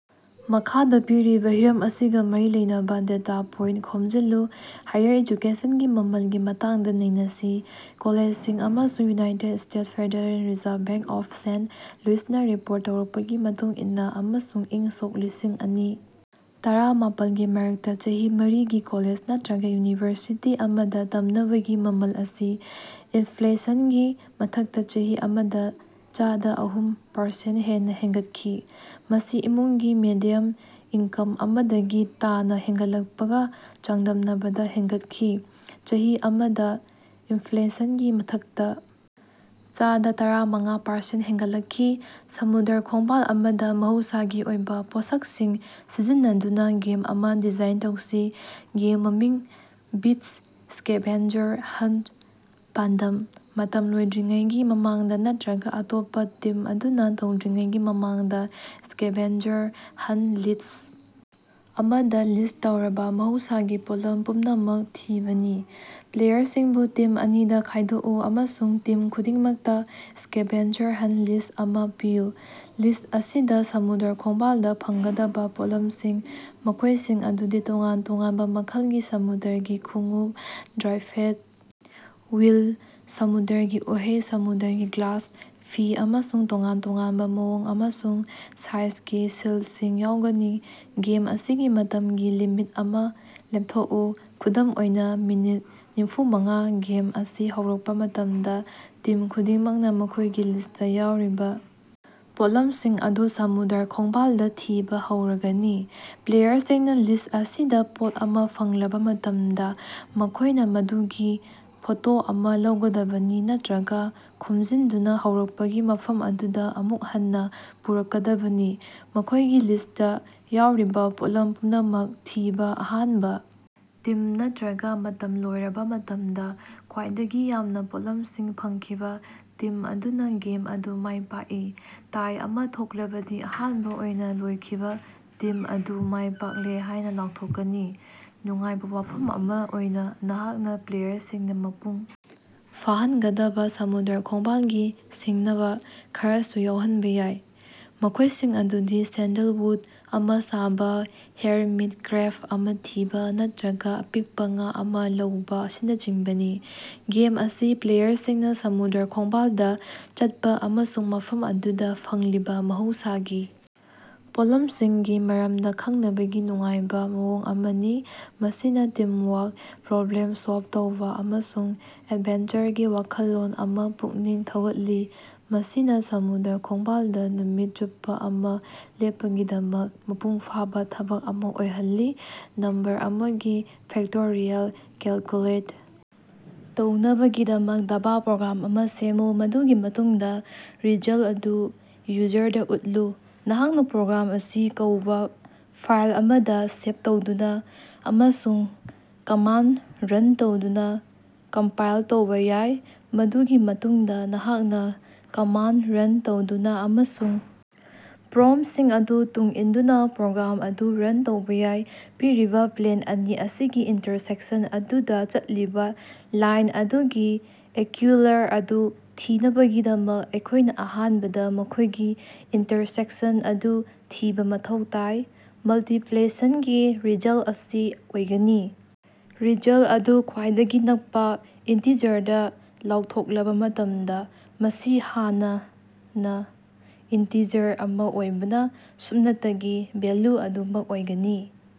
ꯃꯈꯥꯗꯥ ꯄꯤꯔꯤꯕꯥ ꯍꯤꯔꯝ ꯑꯁꯤꯒꯥ ꯃꯔꯤ ꯂꯩꯅꯕꯥ ꯗꯦꯇꯥ ꯄꯣꯏꯟꯇ ꯈꯣꯝꯖꯤꯜꯂꯨ: ꯍꯥꯏꯌꯔ ꯑꯦꯖꯨꯀꯦꯁꯟꯒꯤ ꯃꯃꯜꯒꯤ ꯃꯇꯥꯡꯗ ꯅꯩꯅꯁꯤ꯫ ꯀꯣꯂꯦꯖꯁꯤꯡ ꯑꯃꯁꯨꯡ united state federal reserve bank of saint ꯂꯨꯏꯁꯅꯥ ꯔꯤꯄꯣꯔꯠ ꯇꯧꯔꯛꯄꯒꯤ ꯃꯇꯨꯡ ꯏꯟꯅꯥ ꯑꯃꯁꯨꯡ ꯏꯪ ꯁꯣꯛ ꯂꯤꯁꯤꯡ ꯑꯅꯤ ꯇꯔꯥꯃꯥꯄꯟꯒꯤ ꯃꯔꯛꯇꯥ ꯆꯍꯤ ꯃꯔꯤꯒꯤ ꯀꯣꯂꯦꯖ ꯅꯠꯇ꯭ꯔꯒꯥ ꯌꯨꯅꯤꯚꯔꯁꯤꯇꯤ ꯑꯃꯗꯥ ꯇꯝꯅꯕꯒꯤ ꯃꯃꯜ ꯑꯁꯤ ꯏꯟꯐ꯭ꯂꯦꯁꯟꯒꯤ ꯃꯊꯛꯇꯥ ꯆꯍꯤ ꯑꯃꯗꯥ ꯆꯗꯥ ꯑꯍꯨꯝ ꯄꯥꯔꯁꯦꯟ ꯍꯦꯟꯅꯥ ꯍꯦꯟꯒꯠꯈꯤ, ꯃꯁꯤ ꯏꯃꯨꯡꯒꯤ ꯃꯦꯗꯤꯌꯝ ꯏꯟꯀꯝ ꯑꯃꯥꯗꯒꯤ ꯇꯥꯅꯥ ꯍꯦꯟꯒꯠꯂꯛꯄꯒꯥ ꯆꯥꯡꯗꯝꯅꯕꯗꯥ ꯍꯦꯟꯒꯠꯈꯤ꯫ ꯆꯍꯤ ꯑꯃꯗꯥ ꯏꯟꯐ꯭ꯂꯦꯁꯟꯒꯤ ꯃꯊꯛꯇꯥ ꯆꯗꯥ ꯇꯔꯥꯃꯉꯥ ꯄꯥꯔꯁꯦꯟ ꯍꯦꯟꯒꯠꯂꯛꯈꯤ꯫ ꯁꯃꯨꯗ꯭ꯔ ꯈꯣꯡꯕꯥꯜ ꯑꯃꯗꯥ ꯃꯍꯧꯁꯥꯒꯤ ꯑꯣꯏꯕꯥ ꯄꯣꯠꯁꯛꯁꯤꯡ ꯁꯤꯖꯤꯟꯅꯗꯨꯅꯥ ꯒꯦꯝ ꯑꯃꯥ ꯗꯤꯖꯥꯏꯟ ꯇꯧꯁꯤ꯫ ꯒꯦꯝ ꯃꯃꯤꯡ ꯕꯤꯆ ꯁ꯭ꯀꯦꯚꯦꯟꯖꯔ ꯍꯟꯇ ꯄꯥꯟꯗꯝ: ꯃꯇꯝ ꯂꯣꯏꯗ꯭ꯔꯤꯉꯩꯒꯤ ꯃꯃꯥꯡꯗꯥ ꯅꯠꯇ꯭ꯔꯒꯥ ꯑꯇꯣꯞꯄꯥ ꯇꯤꯝ ꯑꯗꯨꯅꯥ ꯇꯧꯗ꯭ꯔꯤꯉꯩꯒꯤ ꯃꯃꯥꯡꯗꯥ ꯁ꯭ꯀꯦꯚꯦꯟꯖꯔ ꯍꯟꯇ ꯂꯤꯁ꯭ꯠ ꯑꯃꯗꯥ ꯂꯤꯁ ꯇꯧꯔꯕꯥ ꯃꯍꯧꯁꯥꯒꯤ ꯄꯣꯠꯂꯝ ꯄꯨꯝꯅꯃꯛ ꯊꯤꯕꯥꯅꯤ꯫ ꯄ꯭ꯂꯦꯌꯔꯁꯤꯡꯕꯨ ꯇꯤꯝ ꯑꯅꯤꯗꯥ ꯈꯥꯏꯗꯣꯛꯎ ꯑꯃꯁꯨꯡ ꯇꯤꯝ ꯈꯨꯗꯤꯡꯃꯛꯇꯥ ꯁ꯭ꯀꯦꯚꯦꯟꯖꯔ ꯍꯟꯇ ꯂꯤꯁ ꯑꯃꯥ ꯄꯤꯌꯨ꯫ ꯂꯤꯁ ꯑꯁꯤꯗꯥ ꯁꯃꯨꯗ꯭ꯔ ꯈꯣꯡꯕꯥꯜꯗꯥ ꯐꯪꯒꯗꯕꯥ ꯄꯣꯠꯂꯝꯁꯤꯡ, ꯃꯈꯣꯏꯁꯤꯡ ꯑꯗꯨꯗꯤ ꯇꯣꯉꯥꯟ ꯇꯣꯉꯥꯟꯕ ꯃꯈꯜꯒꯤ ꯁꯃꯨꯗ꯭ꯔꯒꯤ ꯈꯣꯡꯎꯞ, ꯗ꯭ꯔꯥꯏꯐꯦꯠ ꯋꯤꯜ, ꯁꯃꯨꯗ꯭ꯔꯒꯤ ꯎꯍꯩ, ꯁꯃꯨꯗ꯭ꯔꯒꯤ ꯒ꯭ꯂꯥꯁ, ꯐꯤ, ꯑꯃꯁꯨꯡ ꯇꯣꯉꯥꯟ ꯇꯣꯉꯥꯟꯕ ꯃꯑꯣꯡ ꯑꯃꯁꯨꯡ ꯁꯥꯏꯖꯒꯤ ꯁꯤꯜꯁꯤꯡ ꯌꯥꯎꯒꯅꯤ꯫ ꯒꯦꯝ ꯑꯁꯤꯒꯤ ꯃꯇꯝꯒꯤ ꯂꯤꯃꯤꯠ ꯑꯃꯥ ꯂꯦꯞꯊꯣꯛꯎ, ꯈꯨꯗꯝ ꯑꯣꯏꯅꯥ ꯃꯤꯅꯤꯠ ꯅꯤꯐꯨꯃꯉꯥ ꯒꯦꯝ ꯑꯁꯤ ꯍꯧꯔꯛꯄꯥ ꯃꯇꯝꯗꯥ ꯇꯤꯝ ꯈꯨꯗꯤꯡꯃꯛꯅꯥ ꯃꯈꯣꯏꯒꯤ ꯂꯤꯁꯇꯥ ꯌꯥꯎꯔꯤꯕꯥ ꯄꯣꯠꯂꯝꯁꯤꯡ ꯑꯗꯨ ꯁꯃꯨꯗ꯭ꯔ ꯈꯣꯡꯕꯥꯜꯗꯥ ꯊꯤꯕꯥ ꯍꯧꯔꯒꯅꯤ꯫ ꯄ꯭ꯂꯦꯌꯔꯁꯤꯡꯅꯥ ꯂꯤꯁ ꯑꯁꯤꯗꯥ ꯄꯣꯠ ꯑꯃꯥ ꯐꯪꯂꯕꯥ ꯃꯇꯝꯗꯥ, ꯃꯈꯣꯏꯅꯥ ꯃꯗꯨꯒꯤ ꯐꯣꯇꯣ ꯑꯃꯥ ꯂꯧꯒꯗꯕꯅꯤ ꯅꯠꯇ꯭ꯔꯒꯥ ꯈꯣꯝꯖꯤꯟꯗꯨꯅꯥ ꯍꯧꯔꯛꯄꯒꯤ ꯃꯐꯝ ꯑꯗꯨꯗꯥ ꯑꯃꯨꯛ ꯍꯟꯅꯥ ꯄꯨꯔꯛꯀꯗꯕꯅꯤ꯫ ꯃꯈꯣꯏꯒꯤ ꯂꯤꯁꯇꯥ ꯌꯥꯎꯔꯤꯕꯥ ꯄꯣꯠꯂꯝ ꯄꯨꯝꯅꯃꯛ ꯊꯤꯕꯥ ꯑꯍꯥꯟꯕꯥ ꯇꯤꯝ ꯅꯠꯇ꯭ꯔꯒꯥ ꯃꯇꯝ ꯂꯣꯏꯔꯕꯥ ꯃꯇꯝꯗꯥ ꯈ꯭ꯋꯥꯏꯗꯒꯤ ꯌꯥꯝꯅꯥ ꯄꯣꯠꯂꯝꯁꯤꯡ ꯐꯪꯈꯤꯕꯥ ꯇꯤꯝ ꯑꯗꯨꯅꯥ ꯒꯦꯝ ꯑꯗꯨ ꯃꯥꯏ ꯄꯥꯛꯏ꯫ ꯇꯥꯏ ꯑꯃꯥ ꯊꯣꯛꯂꯕꯗꯤ ꯑꯍꯥꯟꯕꯥ ꯑꯣꯏꯅꯥ ꯂꯣꯏꯈꯤꯕꯥ ꯇꯤꯝ ꯑꯗꯨ ꯃꯥꯏꯄꯥꯛꯂꯦ ꯍꯥꯏꯅꯥ ꯂꯥꯎꯊꯣꯛꯀꯅꯤ꯫ ꯅꯨꯡꯉꯥꯏꯕꯥ ꯋꯥꯐꯝ ꯑꯃꯥ ꯑꯣꯏꯅꯥ, ꯅꯍꯥꯛꯅꯥ ꯄ꯭ꯂꯦꯌꯔꯁꯤꯡꯅꯥ ꯃꯄꯨꯡ ꯐꯥꯍꯟꯒꯗꯕꯥ ꯁꯃꯨꯗ꯭ꯔ ꯈꯣꯡꯕꯥꯜꯒꯤ ꯁꯤꯡꯅꯕꯥ ꯈꯔꯁꯨ ꯌꯥꯎꯍꯟꯕꯥ ꯌꯥꯏ, ꯃꯈꯣꯏꯁꯤꯡ ꯑꯗꯨꯗꯤ ꯁꯦꯟꯗꯜꯋꯨꯠ ꯑꯃꯥ ꯁꯥꯕꯥ, ꯍꯦꯔꯃꯤꯠ ꯀ꯭ꯔꯦꯕ ꯑꯃꯥ ꯊꯤꯕꯥ, ꯅꯠꯇ꯭ꯔꯒꯥ ꯑꯄꯤꯛꯄꯥ ꯉꯥ ꯑꯃꯥ ꯂꯧꯕꯥ ꯑꯁꯤꯅꯆꯤꯡꯕꯅꯤ꯫ ꯒꯦꯝ ꯑꯁꯤ ꯄ꯭ꯂꯦꯌꯔꯁꯤꯡꯅꯥ ꯁꯃꯨꯗ꯭ꯔ ꯈꯣꯡꯕꯥꯜꯗꯥ ꯆꯠꯄꯥ ꯑꯃꯁꯨꯡ ꯃꯐꯝ ꯑꯗꯨꯗꯥ ꯐꯪꯂꯤꯕꯥ ꯃꯍꯧꯁꯥꯒꯤ ꯄꯣꯠꯂꯝꯁꯤꯡꯒꯤ ꯃꯔꯝꯗꯥ ꯈꯪꯅꯕꯒꯤ ꯅꯨꯡꯉꯥꯏꯕꯥ ꯃꯑꯣꯡ ꯑꯃꯅꯤ꯫ ꯃꯁꯤꯅꯥ ꯇꯤꯝꯋꯥꯛ, ꯄ꯭ꯔꯣꯕ꯭ꯂꯦꯝ ꯁꯣꯜꯕ ꯇꯧꯕꯥ, ꯑꯃꯁꯨꯡ ꯑꯦꯗꯚꯦꯟꯆꯔꯒꯤ ꯋꯥꯈꯜꯂꯣꯟ ꯑꯃꯥ ꯄꯨꯛꯅꯤꯡ ꯊꯧꯒꯠꯂꯤ, ꯃꯁꯤꯅꯥ ꯁꯃꯨꯗ꯭ꯔ ꯈꯣꯡꯕꯥꯜꯗꯥ ꯅꯨꯃꯤꯠ ꯆꯨꯞꯄꯥ ꯑꯃꯥ ꯂꯦꯞꯄꯒꯤꯗꯃꯛ ꯃꯄꯨꯡ ꯐꯥꯕꯥ ꯊꯕꯛ ꯑꯃꯥ ꯑꯣꯏꯍꯜꯂꯤ꯫ ꯅꯝꯕꯔ ꯑꯃꯒꯤ ꯐꯦꯛꯇꯣꯔꯤꯑꯦꯜ ꯀꯦꯜꯀꯨꯂꯦꯠ ꯇꯧꯅꯕꯒꯤꯗꯃꯛ ꯖꯥꯚꯥ ꯄ꯭ꯔꯣꯒ꯭ꯔꯥꯝ ꯑꯃꯥ ꯁꯦꯝꯃꯨ꯫ ꯃꯗꯨꯒꯤ ꯃꯇꯨꯡꯗꯥ ꯔꯤꯖꯜꯇ ꯑꯗꯨ ꯌꯨꯖꯔꯗꯥ ꯎꯠꯂꯨ꯫ ꯅꯍꯥꯛꯅꯥ ꯄ꯭ꯔꯣꯒ꯭ꯔꯥꯝ ꯑꯁꯤ ꯀꯧꯕꯥ ꯐꯥꯏꯜ ꯑꯃꯗꯥ ꯁꯦꯞ ꯇꯧꯗꯨꯅꯥ ꯑꯃꯁꯨꯡ ꯀꯃꯥꯟꯗ ꯔꯟ ꯇꯧꯗꯨꯅꯥ ꯀꯝꯄꯥꯏꯜ ꯇꯧꯕꯥ ꯌꯥꯏ꯫ ꯃꯗꯨꯒꯤ ꯃꯇꯨꯡꯗꯥ ꯅꯍꯥꯛꯅꯥ ꯀꯃꯥꯟꯗ ꯔꯟ ꯇꯧꯗꯨꯅꯥ ꯑꯃꯁꯨꯡ ꯄ꯭ꯔꯣꯝꯁꯤꯡ ꯑꯗꯨ ꯇꯨꯡ ꯏꯟꯗꯨꯅꯥ ꯄ꯭ꯔꯣꯒ꯭ꯔꯥꯝ ꯑꯗꯨ ꯔꯟ ꯇꯧꯕꯥ ꯌꯥꯏ꯫ ꯄꯤꯔꯤꯕꯥ ꯄ꯭ꯂꯦꯟ ꯑꯅꯤ ꯑꯁꯤꯒꯤ ꯏꯟꯇꯔꯁꯦꯛꯁꯟ ꯑꯗꯨꯗꯥ ꯆꯠꯂꯤꯕꯥ ꯂꯥꯏꯟ ꯑꯗꯨꯒꯤ ꯏꯀ꯭ꯌꯨꯏꯂꯔ ꯑꯗꯨ ꯊꯤꯅꯕꯒꯤꯗꯃꯛ ꯑꯩꯈꯣꯏꯅꯥ ꯑꯍꯥꯟꯕꯗꯥ ꯃꯈꯣꯏꯒꯤ ꯏꯟꯇꯔꯁꯦꯛꯁꯟ ꯑꯗꯨ ꯊꯤꯕꯥ ꯃꯊꯧ ꯇꯥꯏ꯫ ꯃꯜꯇꯤꯄ꯭ꯂꯦꯁꯟꯒꯤ ꯔꯤꯖꯜꯇ ꯑꯁꯤ ꯑꯣꯏꯒꯅꯤ, ꯔꯤꯖꯜꯇ ꯑꯗꯨ ꯈ꯭ꯋꯥꯏꯗꯒꯤ ꯅꯛꯄꯥ ꯏꯟꯇꯤꯖꯔꯗꯥ ꯂꯥꯎꯊꯣꯛꯂꯕꯥ ꯃꯇꯝꯗꯥ, ꯃꯁꯤ ꯍꯥꯟꯅꯅꯥ ꯏꯟꯇꯤꯖꯔ ꯑꯃꯥ ꯑꯣꯏꯕꯅꯥ ꯁꯨꯞꯅꯇꯒꯤ ꯚꯦꯜꯂꯨ ꯑꯗꯨꯃꯛ ꯑꯣꯏꯒꯅꯤ꯫